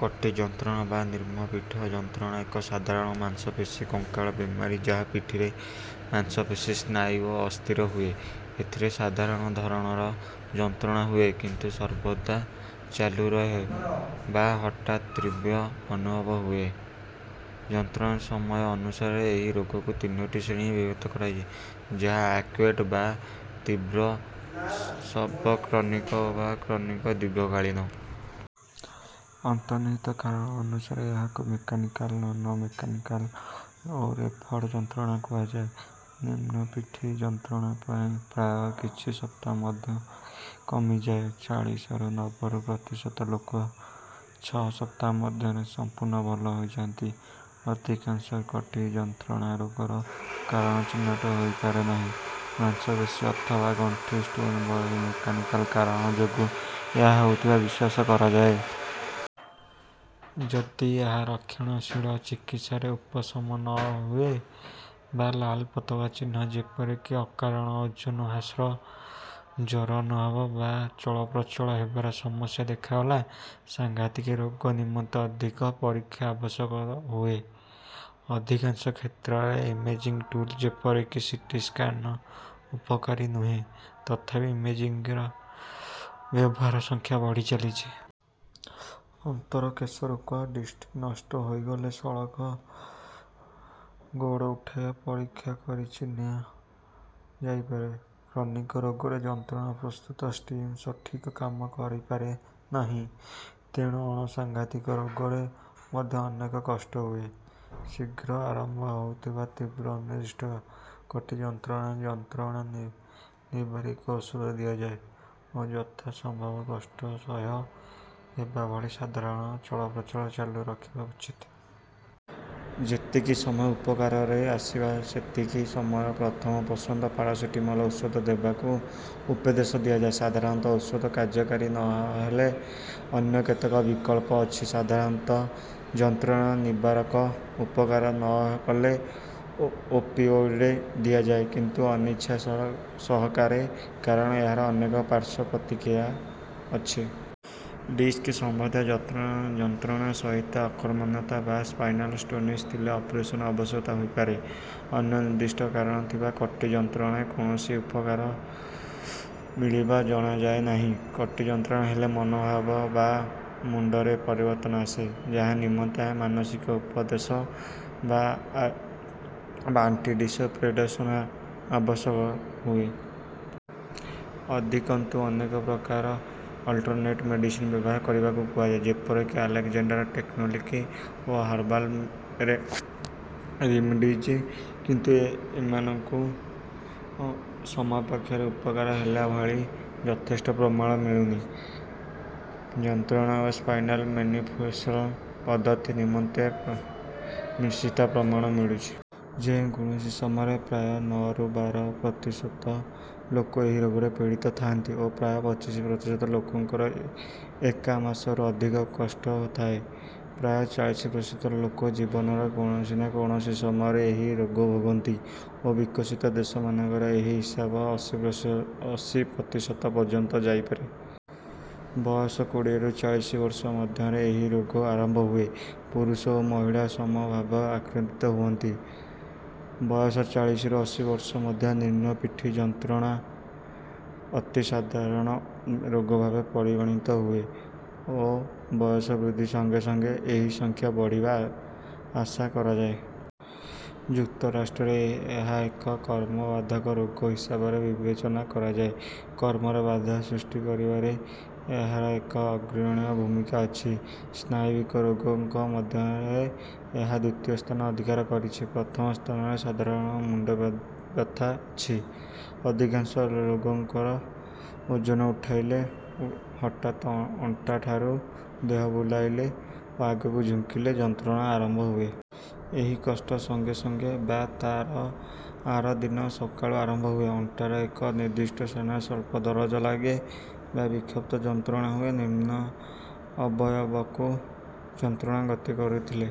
କଟି ଯନ୍ତ୍ରଣା ବା ନିମ୍ନ ପିଠି ଯନ୍ତ୍ରଣା ଏକ ସାଧାରଣ ମାଂସପେଶୀ କଙ୍କାଳ ବେମାରୀ ଯାହା ପିଠିର ମାଂସପେଶୀ ସ୍ନାୟୁ ଓ ଅସ୍ଥିରେ ହୁଏ। ଏଥିରେ ସାଧାରଣ ଧରଣର ଯନ୍ତ୍ରଣା ହୁଏ କିନ୍ତୁ ସର୍ବଦା ଚାଲୁରହେ ବା ହଠାତ୍ ତୀବ୍ର ଅନୁଭବ ହୁଏ। ଯନ୍ତ୍ରଣା ସମୟ ଅନୁସାରେ ଏହି ରୋଗକୁ ତିନୋଟି ଶ୍ରେଣୀରେ ବିଭକ୍ତ କରାଯାଏ ଯଥା ଆକ୍ୟୁଟ ବା ତୀବ୍ର ସବ କ୍ରନିକ ଓ କ୍ରନିକ ବା ଦୀର୍ଘକାଳୀନ। ଅନ୍ତର୍ନିହିତ କାରଣ ଅନୁସାରେ ଏହାକୁ ମେକାନିକାଲ ନନ ମେକାନିକାଲ ଓ ରେଫର୍ଡ ଯନ୍ତ୍ରଣା କୁହାଯାଏ। ନିମ୍ନ ପିଠି ଯନ୍ତ୍ରଣା ପ୍ରାୟ କିଛି ସପ୍ତାହ ମଧ୍ୟରେ କମିଯାଏ ଚାଳିଶରୁ ନବୁର ପ୍ରତିଶତ ଲୋକ ଛଅ ସପ୍ତାହ ମଧ୍ୟରେ ସମ୍ପୂର୍ଣ୍ଣ ଭଲ ହୋଇଯାନ୍ତି। ଅଧିକାଂଶ କଟି ଯନ୍ତ୍ରଣା ରୋଗର କାରଣ ଚିହ୍ନଟ ହୋଇପାରେ ନାହିଁ ମାଂସପେଶୀ ଅଥବା ଗଣ୍ଠି ଷ୍ଟ୍ରେନ ଭଳି ମେକାନିକାଲ କାରଣ ଯୋଗୁଁ ଏହା ହେଉଥିବା ବିଶ୍ୱାସ କରାଯାଏ। ଯଦି ଏହା ରକ୍ଷଣଶୀଳ ଚିକିତ୍ସାରେ ଉପଶମ ନ ହୁଏ ବା ଲାଲ ପତାକା ଚିହ୍ନ ଯେପରିକି ଅକାରଣ ଓଜନ ହ୍ରାସ ଜ୍ୱର ଅନୁଭବ ବା ଚଳପ୍ରଚଳ ହେବାରେ ସମସ୍ୟା ଦେଖାଗଲେ ସାଂଘାତିକ ରୋଗ ନିମନ୍ତେ ଅଧିକ ପରୀକ୍ଷା ଆବଶ୍ୟକ ହୁଏ। ଅଧିକାଂଶ କ୍ଷେତ୍ରରେ ଇମେଜିଙ୍ଗ ଟୁଲ ଯେପରିକି ସିଟି ସ୍କାନ ଉପକାରୀ ନୁହେଁ ତଥାପି ଇମେଜିଙ୍ଗର ବ୍ୟବହାର ସଂଖ୍ୟା ବଢ଼ିଚାଲିଛି। ଅନ୍ତର କଶେରୁକ ଡିସ୍କ ନଷ୍ଟ ହୋଇଗଲେ ସଳଖ ଗୋଡ଼ ଉଠାଇବା ପରୀକ୍ଷା କରି ଚିହ୍ନା ଯାଇପାରେ। କ୍ରନିକ ରୋଗରେ ଯନ୍ତ୍ରଣା ପ୍ରସ୍ତୁତି ସିଷ୍ଟମ ସଠିକ କାମ କରିପାରେ ନାହିଁ ତେଣୁ ଅଣ ସାଂଘାତିକ ରୋଗରେ ମଧ୍ୟ ଅନେକ କଷ୍ଟ ହୁଏ। ଶୀଘ୍ର ଆରମ୍ଭ ହେଉଥିବା ତୀବ୍ର ଅନିର୍ଦ୍ଦିଷ୍ଟ କଟି ଯନ୍ତ୍ରଣାରେ ଯନ୍ତ୍ରଣା ନିବାରକ ଔଷଧ ଦିଆଯାଏ ଓ ଯଥା ସମ୍ଭବ କଷ୍ଟ ସହ୍ୟ ହେବା ଭଳି ସାଧାରଣ ଚଳପ୍ରଚଳ ଚାଲୁ ରଖିବା ଉଚିତ। ଯେତିକି ସମୟ ଉପକାରରେ ଆସିବ ସେତିକି ସମୟ ପ୍ରଥମ ପସନ୍ଦ ପାରାସେଟାମୋଲ ଔଷଧ ଦେବାକୁ ଉପଦେଶ ଦିଆଯାଏ। ସାଧାରଣ ଔଷଧ କାର୍ଯ୍ୟକାରୀ ନ ହେଲେ ଅନ୍ୟ କେତେକ ବିକଳ୍ପ ଅଛି। ସାଧାରଣ ଯନ୍ତ୍ରଣା ନିବାରକ ଉପକାର ନ କଲେ ଓପିଓଏଡ ଦିଆଯାଏ କିନ୍ତୁ ଅନିଚ୍ଛା ସହକାରେ କାରଣ ଏହାର ଅନେକ ପାର୍ଶ୍ୱ ପ୍ରତିକ୍ରିୟା ଅଛି। ଡିସ୍କ ସମ୍ବନ୍ଧୀୟ ଯନ୍ତ୍ରଣା ସହିତ ଅକର୍ମଣ୍ୟତା ବା ସ୍ପାଇନାଲ ଷ୍ଟେନୋସିସ ଥିଲେ ଅପରେସନ ଆବଶ୍ୟକ ହୋଇପାରେ। ଅନ୍ୟ ଅନିର୍ଦ୍ଦିଷ୍ଟ କାରଣ ଥିବା କଟି ଯନ୍ତ୍ରଣାରେ କୌଣସି ଉପକାର ମିଳିବା ଜଣାଯାଇ ନାହିଁ। କଟି ଯନ୍ତ୍ରଣା ହେଲେ ମନୋଭାବ ବା ମୁଡରେ ପରିବର୍ତ୍ତନ ଆସେ ଯାହା ନିମନ୍ତେ ମାନସିକ ଉପଦେଶ ବା ଆଣ୍ଟିଡିପ୍ରେସାଣ୍ଟ ଆବଶ୍ୟକ ହୁଏ। ଅଧିକନ୍ତୁ ଅନେକ ପ୍ରକାର ଅଲଟରନେଟ ମେଡିସିନ ବ୍ୟବହାର କରିବାକୁ କୁହାଯାଏ ଯେପରିକି ଆଲେକଜାଣ୍ଡର ଟେକନିକ ଓ ହର୍ବାଲ ରିମେଡିଜ କିନ୍ତୁ ଏମାନଙ୍କ ସପକ୍ଷରେ ଉପକାର ହେଲା ଭଳି ଯଥେଷ୍ଟ ପ୍ରମାଣ ମିଳୁନି। ଚିରୋପ୍ରାକ୍ଟିକ ଯତ୍ନ ଓ ସ୍ପାଇନାଲ ମାନିପୁଲେସନ ପଦ୍ଧତି ନିମନ୍ତେ ମିଶ୍ରିତ ପ୍ରମାଣ ମିଳୁଛି। ଯେ କୌଣସି ସମୟରେ ପ୍ରାୟ ନଅରୁ ବାର ପ୍ରତିଶତ ଲୋକ ଏହି ରୋଗରେ ପୀଡ଼ିତ ଥାଆନ୍ତି ଓ ପ୍ରାୟ ପଚିଶ ପ୍ରତିଶତ ଲୋକଙ୍କର ଏକା ମାସରୁ ଅଧିକ କଷ୍ଟ ଥାଏ। ପ୍ରାୟ ଚାଳିଶ ପ୍ରତିଶତ ଲୋକ ଜୀବନର କୌଣସି ନା କୌଣସି ସମୟରେ ଏହି ରୋଗ ଭୋଗନ୍ତି ଓ ବିକଶିତ ଦେଶମାନଙ୍କରେ ଏହି ହିସାବ ଅଶୀ ପ୍ରତିଶତ ପର୍ଯ୍ୟନ୍ତ ଯାଇପାରେ। ବୟସ କୋଡ଼ିଏରୁ ଚାଳିଶ ବର୍ଷ ମଧ୍ୟରେ ଏହି ରୋଗ ଆରମ୍ଭ ହୁଏ। ପୁରୁଷ ଓ ମହିଳା ସମ ଭାବରେ ଆକ୍ରାନ୍ତ ହୁଅନ୍ତି। ବୟସ ଚାଳିଶରୁ ଅଶୀ ବର୍ଷ ମଧ୍ୟରେ ନିମ୍ନ ପିଠି ଯନ୍ତ୍ରଣା ଅତି ସାଧାରଣ ରୋଗ ଭାବରେ ପରିଗଣିତ ହୁଏ ଓ ବୟସ ବୃଦ୍ଧି ସଙ୍ଗେ ସଙ୍ଗେ ଏହି ସଂଖ୍ୟା ବଢ଼ିବା ଆଶା କରାଯାଏ। ଯୁକ୍ତରାଷ୍ଟ୍ରରେ ଏହା ଏକ କର୍ମ ବାଧକ ରୋଗ ହିସାବରେ ବିବେଚନା କରାଯାଏ। କର୍ମରେ ବାଧା ସୃଷ୍ଟି କରିବାରେ ଏହାର ଏକ ଅଗ୍ରଣୀ ଭୂମିକା ଅଛି। ସ୍ନାୟବିକ ରୋଗମାନଙ୍କ ମଧ୍ୟରେ ଏହା ଦ୍ୱିତୀୟ ସ୍ଥାନ ଅଧିକାର କରିଛି ପ୍ରଥମ ସ୍ଥାନରେ ସାଧାରଣ ମୁଣ୍ଡ ବ୍ୟଥା ଅଛି। ଅଧିକାଂଶ ରୋଗୀଙ୍କର ଓଜନ ଉଠାଇଲେ ହଠାତ ଅଣ୍ଟାଠାରୁ ଦେହ ବୁଲାଇଲେ ଓ ଆଗକୁ ଝୁଙ୍କିଲେ ଯନ୍ତ୍ରଣା ଆରମ୍ଭ ହୁଏ। ଏହି କଷ୍ଟ ସଙ୍ଗେ ସଙ୍ଗେ ବା ତା ଆର ଦିନ ସକାଳୁ ଆରମ୍ଭ ହୁଏ। ଅଣ୍ଟାରେ ଗୋଟିଏ ନିର୍ଦ୍ଦିଷ୍ଟ ସ୍ଥାନରେ ସ୍ୱଳ୍ପ ଦରଜ ଲାଗେ ବା ବିକ୍ଷିପ୍ତ ଯନ୍ତ୍ରଣା ହୁଏ। ନିମ୍ନ ଅବୟବକୁ ଯନ୍ତ୍ରଣା ଗତି କରୁଥିଲେ